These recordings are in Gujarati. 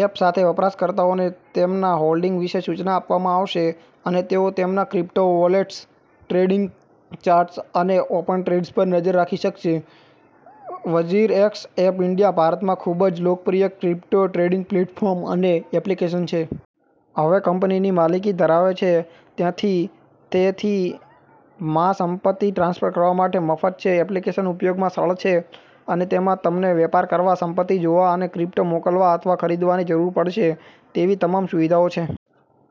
એપ સાથે, વપરાશકર્તાઓને તેમના હોલ્ડિંગ વિશે સૂચના આપવામાં આવશે અને તેઓ તેમના ક્રિપ્ટો વોલેટ્સ, ટ્રેડિંગ ચાર્ટ્સ અને ઓપન ટ્રેડ્સ પર નજર રાખી શકશે. વઝીરએક્સ એપ ઇન્ડિયા ભારતમાં ખૂબ જ લોકપ્રિય ક્રિપ્ટો ટ્રેડિંગ પ્લેટફોર્મ અને એપ્લિકેશન છે. હવે કંપનીની માલિકી ધરાવે છે, તેથી તે થી માં સંપત્તિ ટ્રાન્સફર કરવા માટે મફત છે. એપ્લિકેશન ઉપયોગમાં સરળ છે અને તેમાં તમને વેપાર કરવા, સંપત્તિ જોવા અને ક્રિપ્ટો મોકલવા અથવા ખરીદવાની જરૂર પડશે તેવી તમામ સુવિધાઓ છે.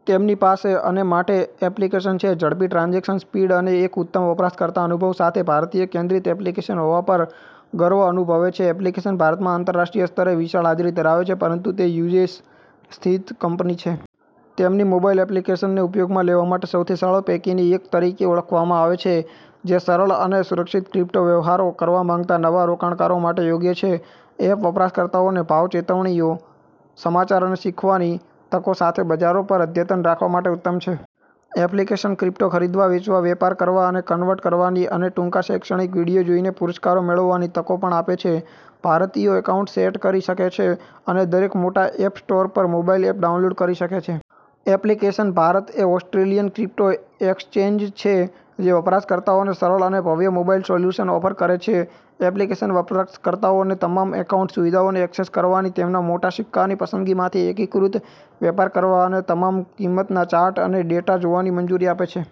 તેમની પાસે, અને માટે એપ્લિકેશન છે. ઝડપી ટ્રાન્ઝેક્શન સ્પીડ અને એક ઉત્તમ વપરાશકર્તા અનુભવ સાથે ભારતીય-કેન્દ્રિત એપ્લિકેશન હોવા પર ગર્વ અનુભવે છે. એપ્લિકેશન ભારત આંતરરાષ્ટ્રીય સ્તરે વિશાળ હાજરી ધરાવે છે, પરંતુ તે યુએસ સ્થિત કંપની છે. તેમની મોબાઇલ એપ્લિકેશનને ઉપયોગમાં લેવા માટે સૌથી સરળ પૈકીની એક તરીકે ઓળખવામાં આવે છે, જે સરળ અને સુરક્ષિત ક્રિપ્ટો વ્યવહારો કરવા માંગતા નવા રોકાણકારો માટે યોગ્ય છે. એપ વપરાશકર્તાઓને ભાવ ચેતવણીઓ, સમાચાર અને શીખવાની તકો સાથે બજારો પર અદ્યતન રાખવા માટે ઉત્તમ છે. એપ્લિકેશન ક્રિપ્ટો ખરીદવા, વેચવા, વેપાર કરવા અને કન્વર્ટ કરવાની અને ટૂંકા શૈક્ષણિક વીડિયો જોઈને પુરસ્કારો મેળવવાની તકો પણ આપે છે. ભારતીયો એકાઉન્ટ સેટ કરી શકે છે અને દરેક મોટા એપ સ્ટોર પર મોબાઇલ એપ ડાઉનલોડ કરી શકે છે. એપ્લિકેશન ભારત એ ઓસ્ટ્રેલિયન ક્રિપ્ટો એક્સચેન્જ છે જે વપરાશકર્તાઓને સરળ અને ભવ્ય મોબાઇલ સોલ્યુશન ઓફર કરે છે. એપ્લિકેશન વપરાશકર્તાઓને તમામ એકાઉન્ટ સુવિધાઓને ઍક્સેસ કરવાની, તેમના મોટા સિક્કાની પસંદગીમાંથી એકીકૃત વેપાર કરવા અને તમામ કિંમતના ચાર્ટ અને ડેટા જોવાની મંજૂરી આપે છે.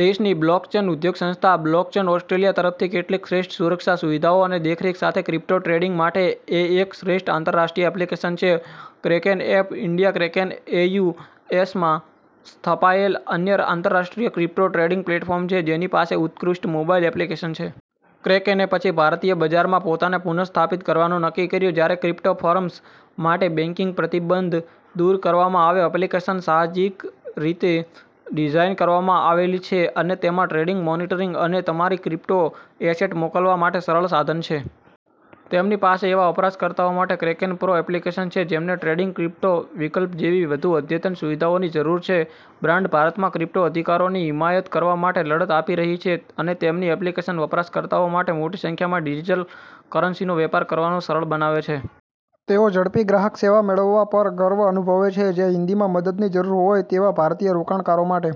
દેશની બ્લોકચેન ઉદ્યોગ સંસ્થા બ્લોકચેન ઓસ્ટ્રેલિયા તરફથી કેટલીક શ્રેષ્ઠ સુરક્ષા સુવિધાઓ અને દેખરેખ સાથે ક્રિપ્ટો ટ્રેડિંગ માટે એ એક શ્રેષ્ઠ આંતરરાષ્ટ્રીય એપ્લિકેશન છે. ક્રેકેન એપ ઈન્ડિયા ક્રેકેન એ યુ. એસ. માં સ્થપાયેલ અન્ય આંતરરાષ્ટ્રીય ક્રિપ્ટો ટ્રેડિંગ પ્લેટફોર્મ છે જેની પાસે ઉત્કૃષ્ટ મોબાઇલ એપ્લિકેશન છે. ક્રેકેને પછી ભારતીય બજારમાં પોતાને પુનઃસ્થાપિત કરવાનું નક્કી કર્યું, જ્યારે ક્રિપ્ટો ફર્મ્સ માટે બેંકિંગ પ્રતિબંધ દૂર કરવામાં આવ્યો. એપ્લિકેશન સાહજિક રીતે ડિઝાઇન કરવામાં આવી છે અને તેમાં ટ્રેડિંગ, મોનિટરિંગ અને તમારી ક્રિપ્ટો એસેટ મોકલવા માટે સરળ સાધનો છે. તેમની પાસે એવા વપરાશકર્તાઓ માટે ક્રેકેન પ્રો એપ્લિકેશન છે જેમને ટ્રેડિંગ ક્રિપ્ટો વિકલ્પો જેવી વધુ અદ્યતન સુવિધાઓની જરૂર છે. બ્રાન્ડ ભારતમાં ક્રિપ્ટો અધિકારોની હિમાયત કરવા માટે લડત આપી રહી છે, અને તેમની એપ્લિકેશન વપરાશકર્તાઓ માટે મોટી સંખ્યામાં ડિજિટલ કરન્સીનો વેપાર કરવાનું સરળ બનાવે છે. તેઓ ઝડપી ગ્રાહક સેવા મેળવવા પર ગર્વ અનુભવે છે, જે હિન્દીમાં મદદની જરૂર હોય તેવા ભારતીય રોકાણકારો માટે